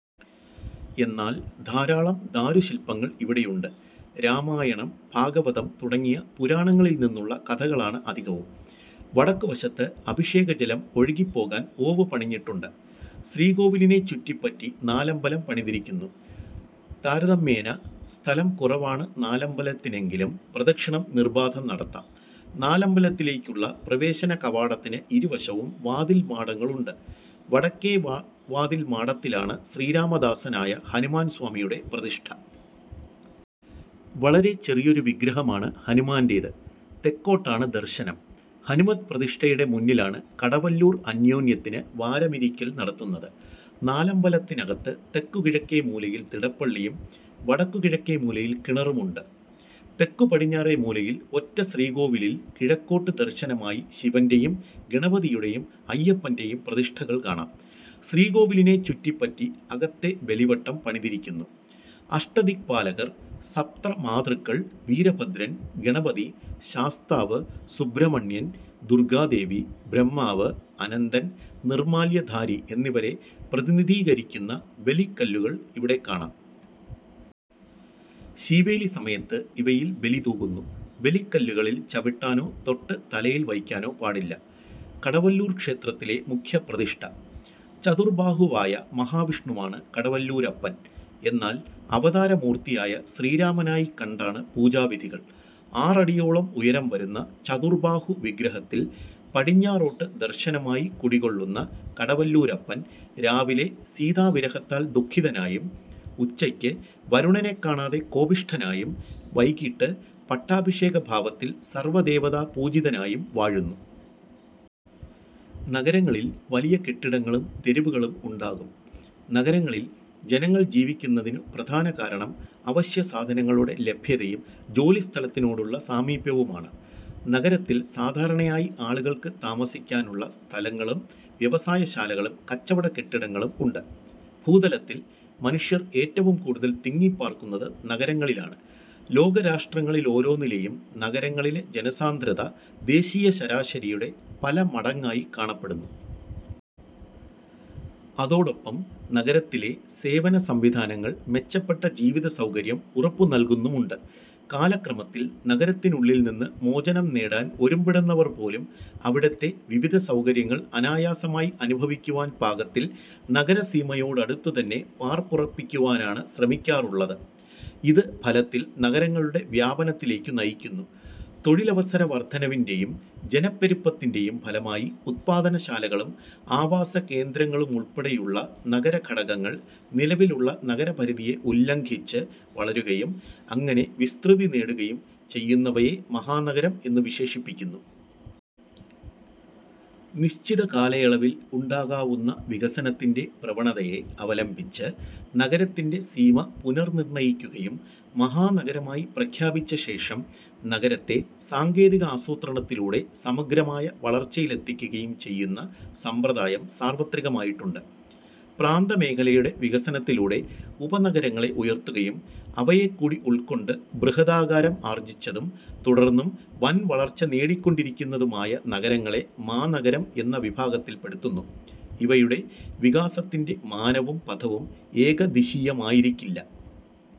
എന്നാൽ, ധാരാളം ദാരുശില്പങ്ങൾ ഇവിടെയുണ്ട്. രാമായണം, ഭാഗവതം തുടങ്ങിയ പുരാണങ്ങളിൽ നിന്നുള്ള കഥകളാണ് അധികവും. വടക്കുവശത്ത്, അഭിഷേകജലം ഒഴുകിപ്പോകാൻ ഓവ് പണിതിട്ടുണ്ട്. ശ്രീകോവിലിനെ ചുറ്റിപ്പറ്റി നാലമ്പലം പണിതിരിയ്ക്കുന്നു. താരതമ്യേന സ്ഥലം കുറവാണ് നാലമ്പലത്തിനെങ്കിലും പ്രദക്ഷിണം നിർബാധം നടത്താം. നാലമ്പലത്തിലേയ്ക്കുള്ള പ്രവേശനകവാടത്തിന് ഇരുവശവും വാതിൽമാടങ്ങളുണ്ട്. വടക്കേ വാതിൽമാടത്തിലാണ് ശ്രീരാമദാസനായ ഹനുമാൻ സ്വാമിയുടെ പ്രതിഷ്ഠ. വളരെ ചെറിയൊരു വിഗ്രഹമാണ് ഹനുമാന്റേത്. തെക്കോട്ടാണ് ദർശനം. ഹനുമദ്പ്രതിഷ്ഠയുടെ മുന്നിലാണ് കടവല്ലൂർ അന്യോന്യത്തിന് വാരമിരിയ്ക്കൽ നടത്തുന്നത്. നാലമ്പലത്തിനകത്ത് തെക്കുകിഴക്കേമൂലയിൽ തിടപ്പള്ളിയും വടക്കുകിഴക്കേമൂലയിൽ കിണറുമുണ്ട്. തെക്കുപടിഞ്ഞാറേമൂലയിൽ ഒറ്റശ്രീകോവിലിൽ കിഴക്കോട്ട് ദർശനമായി ശിവന്റെയും ഗണപതിയുടെയും അയ്യപ്പന്റെയും പ്രതിഷ്ഠകൾ കാണാം. ശ്രീകോവിലിനെ ചുറ്റിപ്പറ്റി അകത്തെ ബലിവട്ടം പണിതിരിയ്ക്കുന്നു. അഷ്ടദിക്പാലകർ, സപ്തമാതൃക്കൾ, വീരഭദ്രൻ, ഗണപതി, ശാസ്താവ്, സുബ്രഹ്മണ്യൻ, ദുർഗ്ഗാദേവി, ബ്രഹ്മാവ്, അനന്തൻ, നിർമ്മാല്യധാരി എന്നിവരെ പ്രതിനിധീകരിയ്ക്കുന്ന ബലിക്കല്ലുകൾ ഇവിടെക്കാണാം. ശീവേലിസമയത്ത് ഇവയിൽ ബലിതൂകുന്നു. ബലിക്കല്ലുകളിൽ ചവിട്ടാനോ തൊട്ട് തലയിൽ വയ്ക്കാനോ പാടില്ല. കടവല്ലൂർ ക്ഷേത്രത്തിലെ മുഖ്യപ്രതിഷ്ഠ. ചതുർബാഹുവായ മഹാവിഷ്ണുവാണ് കടവല്ലൂരപ്പൻ. എന്നാൽ, അവതാരമൂർത്തിയായ ശ്രീരാമനായിക്കണ്ടാണ് പൂജാവിധികൾ. ആറടിയോളം ഉയരം വരുന്ന ചതുർബാഹു വിഗ്രഹത്തിൽ പടിഞ്ഞാറോട്ട് ദർശനമായി കുടികൊള്ളുന്ന കടവല്ലൂരപ്പൻ, രാവിലെ സീതാവിരഹത്താൽ ദുഃഖിതനായും, ഉച്ചയ്ക്ക് വരുണനെക്കാണാതെ കോപിഷ്ഠനായും, വൈകീട്ട് പട്ടാഭിഷേകഭാവത്തിൽ സർവ്വദേവതാപൂജിതനായും വാഴുന്നു. നഗരങ്ങളിൽ വലിയ കെട്ടിടങ്ങളും തെരുവുകളും ഉണ്ടാകും. നഗരങ്ങളിൽ ജനങ്ങൾ ജീവിക്കുന്നതിനു പ്രധാന കാരണം അവശ്യ സാധനങ്ങളുടെ ലഭ്യതയും ജോലിസ്ഥലത്തിനോടുള്ള സാമീപ്യവുമാണ്. നഗരത്തിൽ സാധാരണയായി ആളുകൾക്ക് താമസിക്കാനുള്ള സ്ഥലങ്ങളും വ്യവസായശാലകളും കച്ചവട കെട്ടിടങ്ങളും ഉണ്ട്. ഭൂതലത്തിൽ മനുഷ്യർ ഏറ്റവും കൂടുതൽ തിങ്ങിപ്പാർക്കുന്നത് നഗരങ്ങളിലാണ്. ലോകരാഷ്ട്രങ്ങളിലോരോന്നിലെയും നഗരങ്ങളിലെ ജനസാന്ദ്രത ദേശീയ ശരാശരിയുടെ പല മടങ്ങായി കാണപ്പെടുന്നു. അതോടൊപ്പം നഗരത്തിലെ സേവനസംവിധാനങ്ങൾ മെച്ചപ്പെട്ട ജീവിതസൌകര്യം ഉറപ്പുനല്കുന്നുമുണ്ട്. കാലക്രമത്തിൽ, നഗരത്തിനുള്ളിൽനിന്ന് മോചനംനേടാൻ ഒരുമ്പെടുന്നവർപോലും അവിടത്തെ വിവിധ സൌകര്യങ്ങൾ അനായാസമായി അനുഭവിക്കുവാൻ പാകത്തിൽ നഗരസീമയോടടുത്തുതന്നെ പാർപ്പുറപ്പിക്കുവാനാണ് ശ്രമിക്കാറുള്ളത്. ഇത് ഫലത്തിൽ നഗരങ്ങളുടെ വ്യാപനത്തിലേക്കു നയിക്കുന്നു. തൊഴിലവസരവർധനവിന്റെയും ജനപ്പെരുപ്പത്തിന്റെയും ഫലമായി ഉത്പാദനശാലകളും ആവാസകേന്ദ്രങ്ങളുമുൾപ്പെടെയുള്ള നഗരഘടകങ്ങൾ നിലവിലുള്ള നഗരപരിധിയെ ഉല്ലംഘിച്ച് വളരുകയും അങ്ങനെ വിസ്തൃതി നേടുകയും ചെയ്യുന്നവയെ മഹാനഗരം എന്നു വിശേഷിപ്പിക്കുന്നു. നിശ്ചിതകാലയളവിൽ ഉണ്ടാകാവുന്ന വികസനത്തിന്റെ പ്രവണതയെ അവലംബിച്ച് നഗരത്തിന്റെ സീമ പുനർനിർണയിക്കുകയും മഹാനഗരമായി പ്രഖ്യാപിച്ചശേഷം നഗരത്തെ സാങ്കേതികാസൂത്രണത്തിലൂടെ സമഗ്രമായ വളർച്ചയിലെത്തിക്കുകയും ചെയ്യുന്ന സമ്പ്രദായം സാർവത്രികമായിട്ടുണ്ട്. പ്രാന്തമേഖലയുടെ വികസനത്തിലൂടെ ഉപനഗരങ്ങളെ ഉയർത്തുകയും അവയെക്കൂടി ഉൾക്കൊണ്ട് ബൃഹദാകാരം ആർജിച്ചതും തുടർന്നും വൻവളർച്ചനേടിക്കൊണ്ടിരിക്കുന്നതുമായ നഗരങ്ങളെ മാനഗരം എന്ന വിഭാഗത്തിൽപ്പെടുത്തുന്നു. ഇവയുടെ വികാസത്തിന്റെ മാനവും പഥവും ഏകദിശീയമായിരിക്കില്ല.